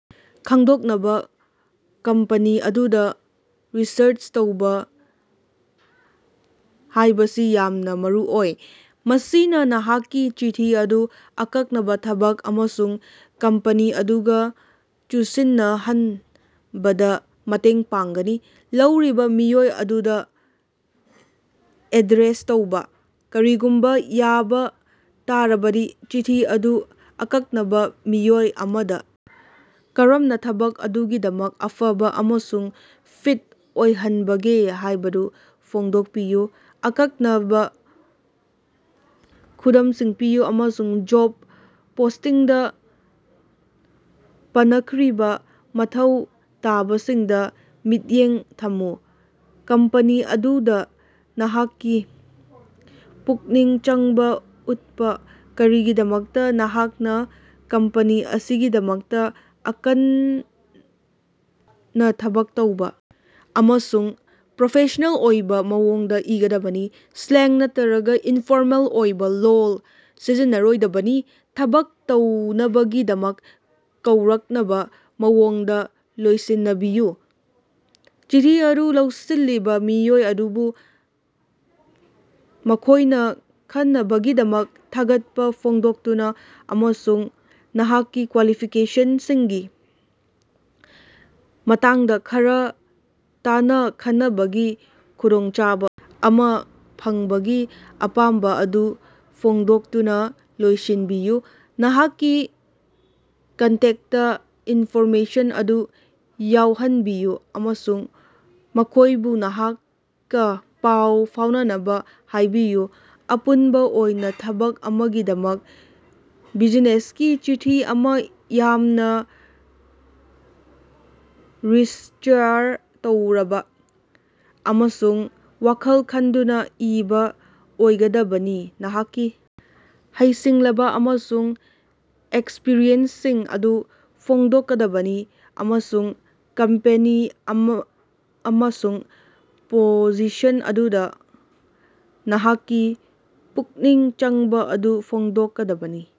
ꯈꯪꯗꯣꯛꯅꯕꯥ ꯀꯝꯄꯅꯤ ꯑꯗꯨꯗꯥ ꯔꯤꯁꯔꯆ ꯇꯧꯕꯥ ꯍꯥꯌꯕꯁꯤ ꯌꯥꯝꯅꯥ ꯃꯔꯨꯑꯣꯏ꯫ ꯃꯁꯤꯅꯥ ꯅꯍꯥꯛꯀꯤ ꯆꯤꯊꯤ ꯑꯗꯨ ꯑꯀꯛꯅꯕꯥ ꯊꯕꯛ ꯑꯃꯁꯨꯡ ꯀꯝꯄꯅꯤ ꯑꯗꯨꯒꯥ ꯆꯨꯁꯤꯟꯅꯍꯅꯕꯗꯥ ꯃꯇꯦꯡ ꯄꯥꯡꯒꯅꯤ꯫ ꯂꯧꯔꯤꯕꯥ ꯃꯤꯑꯣꯏ ꯑꯗꯨꯗꯥ ꯑꯦꯗ꯭ꯔꯦꯁ ꯇꯧꯕꯥ: ꯀꯔꯤꯒꯨꯝꯕꯥ ꯌꯥꯕꯥ ꯇꯥꯔꯕꯗꯤ, ꯆꯤꯊꯤ ꯑꯗꯨ ꯑꯀꯛꯅꯕꯥ ꯃꯤꯑꯣꯏ ꯑꯃꯗꯥ ꯀꯔꯝꯅꯥ ꯊꯕꯛ ꯑꯗꯨꯒꯤꯗꯃꯛ ꯑꯐꯕꯥ ꯑꯃꯁꯨꯡ ꯐꯤꯠ ꯑꯣꯏꯍꯅꯕꯒꯦ ꯍꯥꯌꯕꯗꯨ ꯐꯣꯡꯗꯣꯀꯄꯤꯌꯨ꯫ ꯑꯀꯛꯅꯕꯥ ꯈꯨꯗꯃꯁꯤꯡ ꯄꯤꯌꯨ ꯑꯃꯁꯨꯡ ꯖꯣꯕ ꯄꯣꯁ꯭ꯇꯤꯡꯗꯥ ꯄꯟꯅꯥꯈ꯭ꯔꯤꯕꯥ ꯃꯊꯧ ꯇꯥꯕꯁꯤꯡꯗꯥ ꯃꯤꯠꯌꯦꯡ ꯊꯝꯃꯨ꯫ ꯀꯝꯄꯅꯤ ꯑꯗꯨꯗꯥ ꯅꯍꯥꯛꯀꯤ ꯄꯨꯛꯅꯤꯡ ꯆꯪꯕꯥ ꯎꯠꯄꯥ: ꯀꯔꯤꯒꯤꯗꯃꯛꯇꯥ ꯅꯍꯥꯛꯅꯥ ꯀꯝꯄꯅꯤ ꯑꯁꯤꯒꯤꯗꯃꯛꯇꯥ ꯑꯀꯟꯅꯅꯥ ꯊꯕꯛ ꯇꯧꯕꯥ ꯑꯃꯁꯨꯡ ꯄ꯭ꯔꯣꯐꯦꯁ꯭ꯅꯦꯜ ꯑꯣꯏꯕꯥ ꯃꯑꯣꯡꯗꯥ ꯏꯒꯗꯕꯅꯤ꯫ ꯁ꯭ꯂꯦꯡ ꯅꯠꯇ꯭ꯔꯒꯥ ꯏꯅꯐꯣꯔꯃꯦꯜ ꯑꯣꯏꯕꯥ ꯂꯣꯜ ꯁꯤꯖꯤꯟꯅꯔꯣꯏꯗꯕꯅꯤ꯫ ꯊꯕꯛ ꯇꯧꯅꯕꯒꯤꯗꯃꯛ ꯀꯧꯔꯛꯅꯕ ꯃꯑꯣꯡꯗ ꯂꯣꯏꯁꯤꯟꯅꯥꯕꯤꯌꯨ: ꯆꯤꯊꯤ ꯑꯗꯨ ꯂꯧꯁꯤꯜꯂꯤꯕꯥ ꯃꯤꯑꯣꯏ ꯑꯗꯨꯕꯨ ꯃꯈꯣꯢꯅꯥ ꯈꯟꯅꯕꯒꯤꯗꯃꯛ ꯊꯥꯒꯠꯄꯥ ꯐꯣꯡꯗꯣꯛꯇꯨꯅꯥ ꯑꯃꯁꯨꯡ ꯅꯍꯥꯛꯀꯤ ꯀ꯭ꯋꯥꯂꯤꯐꯤꯀꯦꯁꯅꯁꯤꯡꯒꯤ ꯃꯇꯥꯡꯗꯥ ꯈꯔ ꯇꯥꯅꯥ ꯈꯟꯅꯕꯒꯤ ꯈꯨꯗꯣꯡꯆꯥꯕꯥ ꯑꯃꯥ ꯐꯪꯕꯒꯤ ꯑꯄꯥꯝꯕꯥ ꯑꯗꯨ ꯐꯣꯡꯗꯣꯛꯇꯨꯅꯥ ꯂꯣꯏꯁꯤꯅꯕꯤꯌꯨ꯫ ꯅꯍꯥꯛꯀꯤ ꯀꯟꯇꯦꯛꯇ ꯏꯟꯐꯣꯔꯃꯦꯁꯟ ꯑꯗꯨ ꯌꯥꯎꯍꯟꯅꯕꯤꯌꯨ ꯑꯃꯁꯨꯡ ꯃꯈꯣꯢꯕꯨ ꯅꯍꯥꯛꯀꯥ ꯄꯥꯎ ꯐꯥꯎꯅꯅꯕꯥ ꯍꯥꯏꯕꯤꯌꯨ꯫ ꯑꯄꯨꯟꯕꯥ ꯑꯣꯏꯅꯥ, ꯊꯕꯛ ꯑꯃꯒꯤꯗꯃꯛ ꯕꯤꯖꯤꯅꯦꯁꯀꯤ ꯆꯤꯊꯤ ꯑꯃꯥ ꯌꯥꯝꯅꯥ ꯔꯤꯆꯥꯔ ꯇꯧꯔꯕꯥ ꯑꯃꯁꯨꯡ ꯋꯥꯈꯜ ꯈꯟꯗꯨꯅꯥ ꯏꯕꯥ ꯑꯣꯏꯒꯗꯕꯅꯤ, ꯅꯍꯥꯛꯀꯤ ꯍꯩꯁꯤꯡꯕꯥ ꯑꯃꯁꯨꯡ ꯑꯦꯛꯁꯄ꯭ꯔꯤꯌꯦꯟꯁꯁꯤꯡ ꯑꯗꯨ ꯐꯣꯡꯗꯣꯛꯀꯗꯕꯅꯤ ꯑꯃꯁꯨꯡ ꯀꯝꯄꯦꯅꯤ ꯑꯃꯁꯨꯡ ꯄꯣꯖꯤꯁꯟ ꯑꯗꯨꯗꯥ ꯅꯍꯥꯛꯀꯤ ꯄꯨꯛꯅꯤꯡ ꯆꯪꯕꯥ ꯑꯗꯨ ꯐꯣꯡꯗꯣꯛꯀꯗꯕꯅꯤ꯫